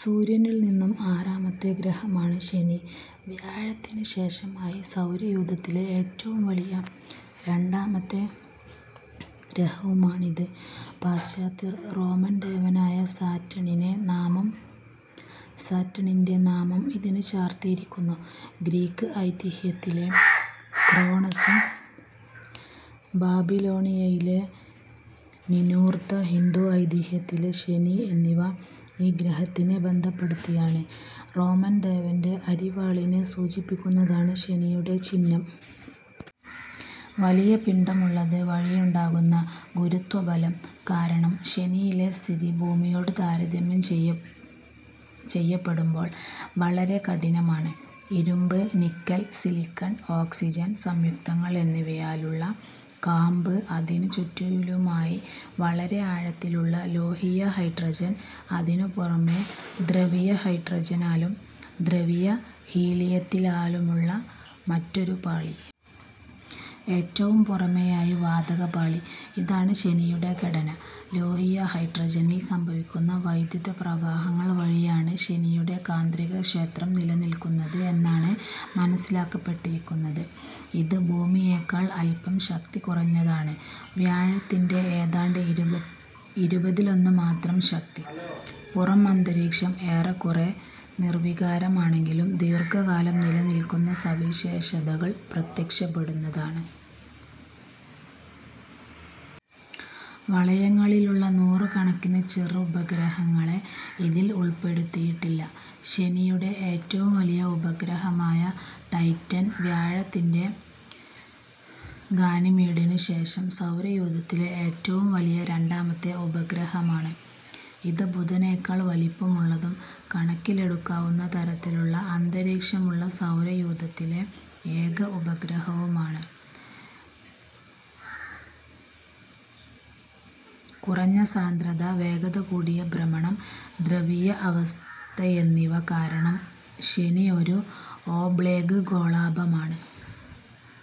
സൂര്യനിൽ നിന്നും ആറാമത്തെ ഗ്രഹമാണ് ശനി, വ്യാഴത്തിനു ശേഷമായി സൗരയൂഥത്തിലെ ഏറ്റവും വലിയ രണ്ടാമത്തെ ഗ്രഹവുമാണിത്. പാശ്ചാത്യർ റോമൻ ദേവനായ സാറ്റണിന്റെ നാമം ഇതിനു ചാർത്തിയിരിക്കുന്നു, ഗ്രീക്ക് ഐതിഹ്യത്തിലെ ക്രോണസും, ബാബിലോണിയയിലെ നിനൂർത, ഹിന്ദു ഐതിഹ്യത്തിലെ ശനി എന്നിവ ഈ ഗ്രഹത്തിനെ ബന്ധപ്പെടുത്തിയാണ്. റോമൻ ദേവന്റെ അരിവാളിനെ സൂചിപ്പിക്കുന്നതാണ് ശനിയുടെ ചിഹ്നം. വലിയ പിണ്ഡമുള്ളത് വഴിയുണ്ടാകുന്ന ഗുരുത്വബലം കാരണം ശനിയിലെ സ്ഥിതി ഭൂമിയോട് താരതമ്യം ചെയ്യപ്പെടുമ്പോൾ വളരെ കഠിനമാണ്. ഇരുമ്പ്, നിക്കൽ, സിലിക്കൺ, ഓക്സിജൻ സംയുക്തങ്ങൾ എന്നിവയാലുള്ള കാമ്പ്, അതിന് ചുറ്റിലുമായി വളരെ ആഴത്തിലുള്ള ലോഹീയ ഹൈഡ്രജൻ, അതിനു പുറമേ ദ്രവിയ ഹൈഡ്രജനാലും ദ്രവിയ ഹീലിയത്താലുമുള്ള മറ്റൊരു പാളി. ഏറ്റവും പുറമേയായി വാതക പാളി. ഇതാണ് ശനിയുടെ ഘടന. ലോഹീയ ഹൈഡ്രജനിൽ സംഭവിക്കുന്ന വൈദ്യുതപ്രവാഹങ്ങൾ വഴിയാണ് ശനിയുടെ കാന്തികക്ഷേത്രം നിലനിൽക്കുന്നത് എന്നാണ് മനസ്സിലാക്കപ്പെട്ടിരിക്കുന്നത്. ഇത് ഭൂമിയേക്കാൾ അല്പം ശക്തി കുറഞ്ഞതാണ്. വ്യാഴത്തിന്റെ ഏതാണ്ട് ഇരുപതിലൊന്ന് മാത്രം ശക്തി. പുറം അന്തരീക്ഷം ഏറെക്കുറെ നിർവികാരമാണെങ്കിലും ദീർഘകാലം നിലനിൽക്കുന്ന സവിശേഷതകൾ പ്രത്യക്ഷപ്പെടാവുന്നതാണ്. വളയങ്ങളിലുള്ള നൂറുകണക്കിന് "ചെറുപഗ്രഹങ്ങളെ" ഇതിൽ ഉൾപ്പെടുത്തിയിട്ടില്ല. ശനിയുടെ ഏറ്റവും വലിയ ഉപഗ്രഹമായ ടൈറ്റൻ വ്യാഴത്തിന്റെ ഗാനിമീഡിനു ശേഷം സൗരയൂഥത്തിലെ ഏറ്റവും വലിയ രണ്ടാമത്തെ ഉപഗ്രഹമാണ്, ഇത് ബുധനേക്കാൾ വലിപ്പമുള്ളതും കണക്കിലെടുക്കാവുന്ന തരത്തിലുള്ള അന്തരീക്ഷമുള്ള സൗരയൂഥത്തിലെ ഏക ഉപഗ്രഹവുമാണ്. കുറഞ്ഞ സാന്ദ്രത, വേഗത കൂടിയ ഭ്രമണം, ദ്രവീയ അവസ്ഥയെന്നിവ കാരണം ശനി ഒരു ഒാബ്ലേറ്റ് ഗോളാഭമാണ്.